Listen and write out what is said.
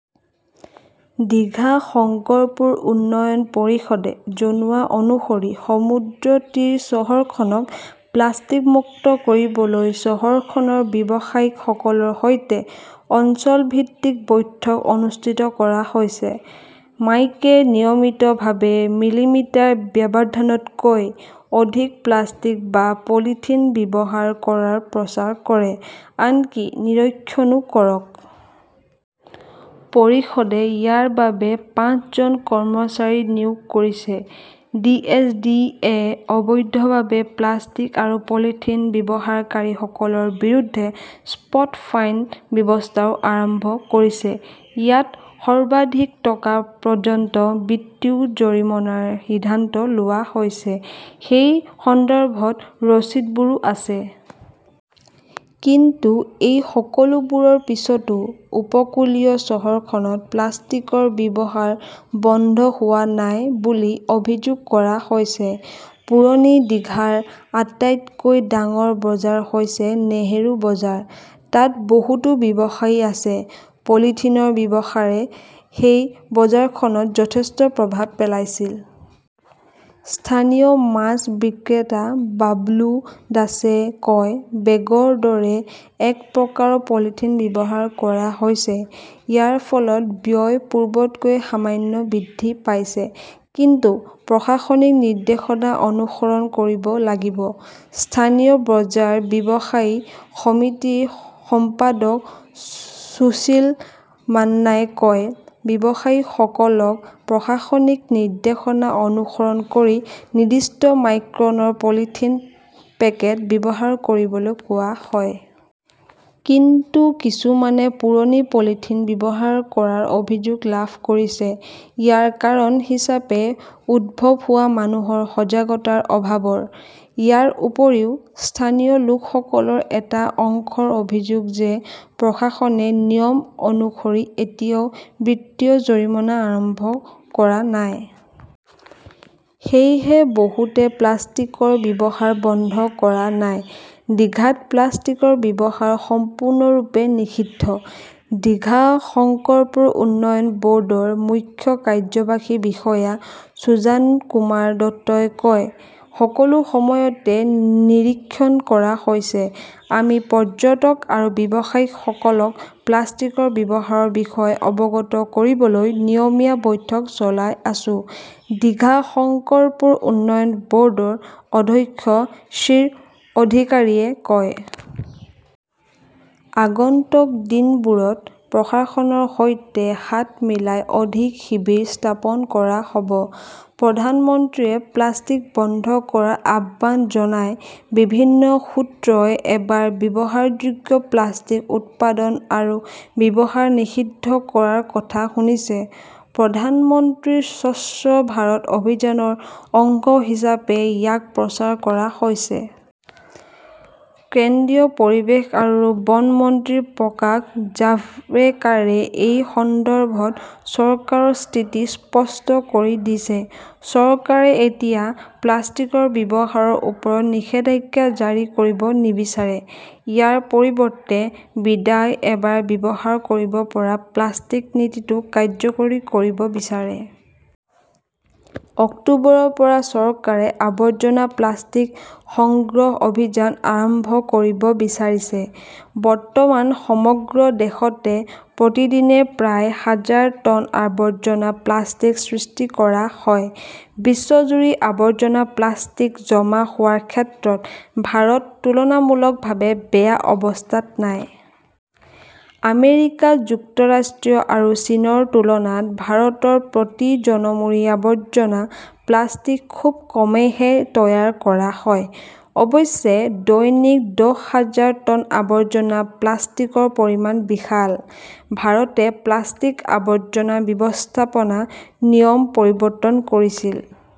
দীঘা-শংকৰপুৰ উন্নয়ন পৰিষদে জনোৱা অনুসৰি সমুদ্ৰতীৰ চহৰখনক প্লাষ্টিক মুক্ত কৰিবলৈ চহৰখনৰ ব্যৱসায়ীসকলৰ সৈতে অঞ্চলভিত্তিক বৈঠক অনুষ্ঠিত কৰা হৈছে। মাইকে নিয়মিতভাৱে মিলিমিটাৰ ব্যাসাৰ্ধতকৈ অধিক প্লাষ্টিক বা পলিথিন ব্যৱহাৰ কৰাৰ প্ৰচাৰ কৰে। আনকি নিৰীক্ষণও কৰক। পৰিষদে ইয়াৰ বাবে পাঁচজন কৰ্মচাৰী নিয়োগ কৰিছে। ডি. এছ. ডি. এ. য়ে অবৈধভাৱে প্লাষ্টিক আৰু পলিথিন ব্যৱহাৰকাৰীসকলৰ বিৰুদ্ধে 'স্পট ফাইন "ব্যৱস্থাও আৰম্ভ কৰিছে। ইয়াত সৰ্বাধিক টকা পৰ্যন্ত বিত্তীয় জৰিমনাৰ সিদ্ধান্ত লোৱা হৈছে। সেই সন্দৰ্ভত ৰচিদবোৰো আছে। কিন্তু এই সকলোবোৰৰ পিছতো উপকূলীয় চহৰখনত প্লাষ্টিকৰ ব্যৱহাৰ বন্ধ হোৱা নাই বুলি অভিযোগ কৰা হৈছে। পুৰণি দিঘাৰ আটাইতকৈ ডাঙৰ বজাৰ হৈছে নেহৰু বজাৰ। তাত বহুতো ব্যৱসায়ী আছে। পলিথিনৰ ব্যৱহাৰে সেই বজাৰখনত যথেষ্ট প্ৰভাৱ পেলাইছিল। স্থানীয় মাছ বিক্ৰেতা বাবলু দাসে কয়, বেগৰ দৰে এক প্ৰকাৰৰ পলিথিন ব্যৱহাৰ কৰা হৈছে। ইয়াৰ ফলত ব্যয় পূৰ্বতকৈ সামান্য বৃদ্ধি পাইছে। কিন্তু প্ৰশাসনিক নিৰ্দেশনা অনুসৰণ কৰিব লাগিব। স্থানীয় বজাৰ ব্যৱসায়ী সমিতিৰ সম্পাদক সুশীল মাননাই কয়, ব্যৱসায়ীসকলক প্ৰশাসনিক নিৰ্দেশনা অনুসৰণ কৰি নিৰ্দিষ্ট মাইক্ৰনৰ পলিথিন পেকেট ব্যৱহাৰ কৰিবলৈ কোৱা হয়। কিন্তু কিছুমানে পুৰণি পলিথিন ব্যৱহাৰ কৰাৰ অভিযোগ লাভ কৰিছে। ইয়াৰ কাৰণ হিচাপে উদ্ভৱ হোৱা মানুহৰ সজাগতাৰ অভাৱৰ । ইয়াৰ উপৰিও, স্থানীয় লোকসকলৰ এটা অংশৰ অভিযোগ যে প্ৰশাসনে নিয়ম অনুসৰি এতিয়াও বিত্তীয় জৰিমনা আৰম্ভ কৰা নাই। সেয়েহে বহুতে প্লাষ্টিকৰ ব্যৱহাৰ বন্ধ কৰা নাই। দীঘাত প্লাষ্টিকৰ ব্যৱহাৰ সম্পূৰ্ণৰূপে নিষিদ্ধ, দীঘা-শংকৰপুৰ উন্নয়ন ব'ৰ্ডৰ মুখ্য কাৰ্যবাহী বিষয়া সুজানকুমাৰ দত্তই কয়। সকলো সময়তে নিৰীক্ষণ কৰা হৈছে, আমি পৰ্যটক আৰু ব্যৱসায়ীসকলক প্লাষ্টিকৰ ব্যৱহাৰৰ বিষয়ে অৱগত কৰিবলৈ নিয়মীয়া বৈঠক চলাই আছো, ডিঘা-শংকৰপুৰ উন্নয়ন ব'ৰ্ডৰ অধ্যক্ষ শ্বিৰ অধিকাৰীয়ে কয়। আগন্তুক দিনবোৰত প্ৰশাসনৰ সৈতে হাত মিলাই অধিক শিবিৰ স্থাপন কৰা হ 'ব। প্ৰধানমন্ত্ৰীয়ে প্লাষ্টিক বন্ধ কৰাৰ আহ্বান জনায় বিভিন্ন সূত্ৰই এবাৰ ব্যৱহাৰযোগ্য প্লাষ্টিক উৎপাদন আৰু ব্যৱহাৰ নিষিদ্ধ কৰাৰ কথা শুনিছে। প্ৰধানমন্ত্ৰীৰ স্বচ্ছ ভাৰত অভিযানৰ অংশ হিচাপে ইয়াক প্ৰচাৰ কৰা হৈছে। কেন্দ্ৰীয় পৰিৱেশ আৰু বন মন্ত্ৰী প্ৰকাশ জাভড়েকাৰে এই সন্দৰ্ভত চৰকাৰৰ স্থিতি স্পষ্ট কৰি দিছে। চৰকাৰে এতিয়া প্লাষ্টিকৰ ব্যৱহাৰৰ ওপৰত নিষেধাজ্ঞা জাৰি কৰিব নিবিচাৰে। ইয়াৰ পৰিৱৰ্তে, 'বিদায় এবাৰ ব্যৱহাৰ কৰিব পৰা প্লাষ্টিক 'নীতিটো কাৰ্যকৰী কৰিব বিচাৰে। অক্টোবৰৰ পৰা চৰকাৰে আৱৰ্জনা প্লাষ্টিক সংগ্ৰহ অভিযান আৰম্ভ কৰিব বিচাৰিছে। বৰ্তমান সমগ্ৰ দেশতে প্ৰতিদিনে প্ৰায় হাজাৰ টন আৱৰ্জনা প্লাষ্টিক সৃষ্টি কৰা হয়। বিশ্বজুৰি আৱৰ্জনা প্লাষ্টিক জমা হোৱাৰ ক্ষেত্ৰত ভাৰত তুলনামূলকভাৱে বেয়া অৱস্থাত নাই। আমেৰিকা যুক্তৰাষ্ট্ৰ আৰু চীনৰ তুলনাত ভাৰতৰ প্ৰতি জনমূৰি আৱৰ্জনা প্লাষ্টিক খুব কমেইহে তৈয়াৰ কৰা হয়। অৱশ্যে, দৈনিক দহ হাজাৰ টন আৱৰ্জনা প্লাষ্টিকৰ পৰিমাণ বিশাল। ভাৰতে প্লাষ্টিক আৱৰ্জনা ব্যৱস্থাপনা নিয়ম প্ৰৱৰ্তন কৰিছিল।